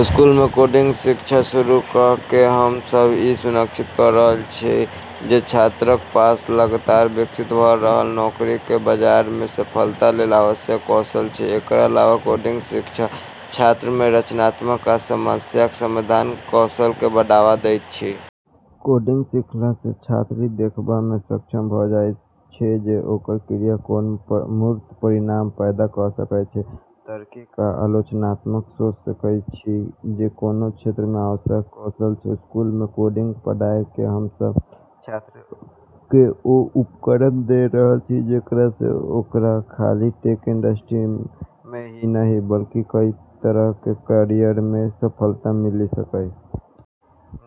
स्कूलमे कोडिंग शिक्षा शुरू क’ क’ हम सभ ई सुनिश्चित क’ रहल छी जे छात्रक पास लगातार विकसित भ’ रहल नौकरीक बाजारमे सफलता लेल आवश्यक कौशल अछि। एकर अलावा कोडिंग शिक्षा छात्रमे रचनात्मकता आ समस्याक समाधानक कौशलकेँ बढ़ावा दैत अछि। कोडिंग सीखला सँ छात्र ई देखबामे सक्षम भ’ जाइत अछि जे ओकर क्रिया कोना मूर्त परिणाम पैदा क’ सकैत अछि। तार्किक आ आलोचनात्मक सोच सीखैत छथि जे कोनो क्षेत्रमे आवश्यक कौशल अछि। स्कूलमे कोडिंग पढ़ाय क’ हम सभ छात्रकेँ ओ उपकरण द’ रहल छी जेकरा सँ ओकरा खाली टेक इंडस्ट्रीमे ही नहि, बल्कि कई तरहक कैरियरमे सफलता मिलि सकय।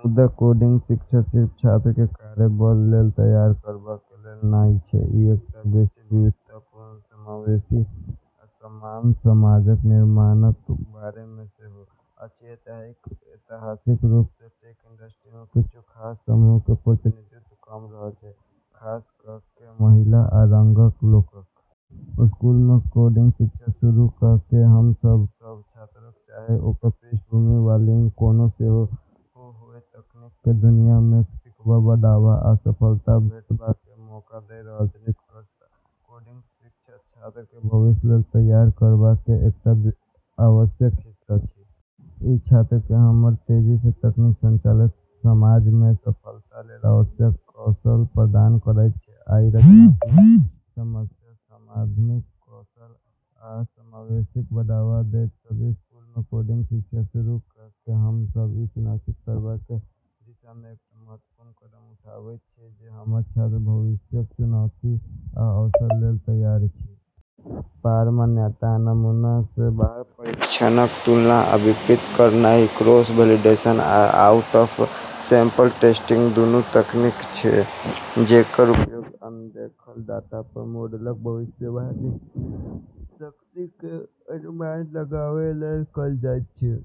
मुदा कोडिंग शिक्षा सिर्फ छात्रकेँ कार्यबल लेल तैयार करबाक लेल नहि अछि। ई एकटा बेसि विविधतापूर्ण, समावेशी, आ समान समाजक निर्माणक बारेमे सेहो अछि। ऐतिहासिक रूप सँ टेक इंडस्ट्रीमे किछु खास समूहक प्रतिनिधित्व कम रहल अछि, खास क’ क’ महिला आ रंगक लोकक। स्कूलमे कोडिंग शिक्षा शुरू क’ क’ हम सभ सभ छात्रकेँ, चाहे ओकर पृष्ठभूमि वा लिंग कोनो सेहो होय, तकनीकक दुनियामे सीखबा, बढ़बा आ सफलता भेटबाक मौका द’ रहल छी। निष्कर्षतः कोडिंग शिक्षा छात्रक भविष्य लेल तैयार करबाक एकटा आवश्यक हिस्सा अछि। ई छात्रकेँ हमर तेजी सँ तकनीक संचालित समाजमे सफलता लेल आवश्यक कौशल प्रदान करैत अछि, आ ई रचनात्मकता, समस्याक समाधानक कौशल, आ समावेशीताकेँ बढ़ावा दैत अछि। स्कूलमे कोडिंग शिक्षा शुरू क’ क’ हम सभ ई सुनिश्चित करबाक दिशामे एकटा महत्वपूर्ण कदम उठाबैत छी जे हमर छात्र भविष्यक चुनौती आ अवसर लेल तैयार अछि। पार-मान्यता आ नमूना सँ बाहर परीक्षणक तुलना आ विपरीत करनाइ। क्रॉस-वैलिडेशन आ आउट-ऑफ-सैंपल टेस्टिंग दुनू तकनीक अछि जेकर उपयोग अनदेखल डाटा पर मॉडलक भविष्यवाणी शक्तिक अनुमान लगाबै लेल कएल जाइत अछि।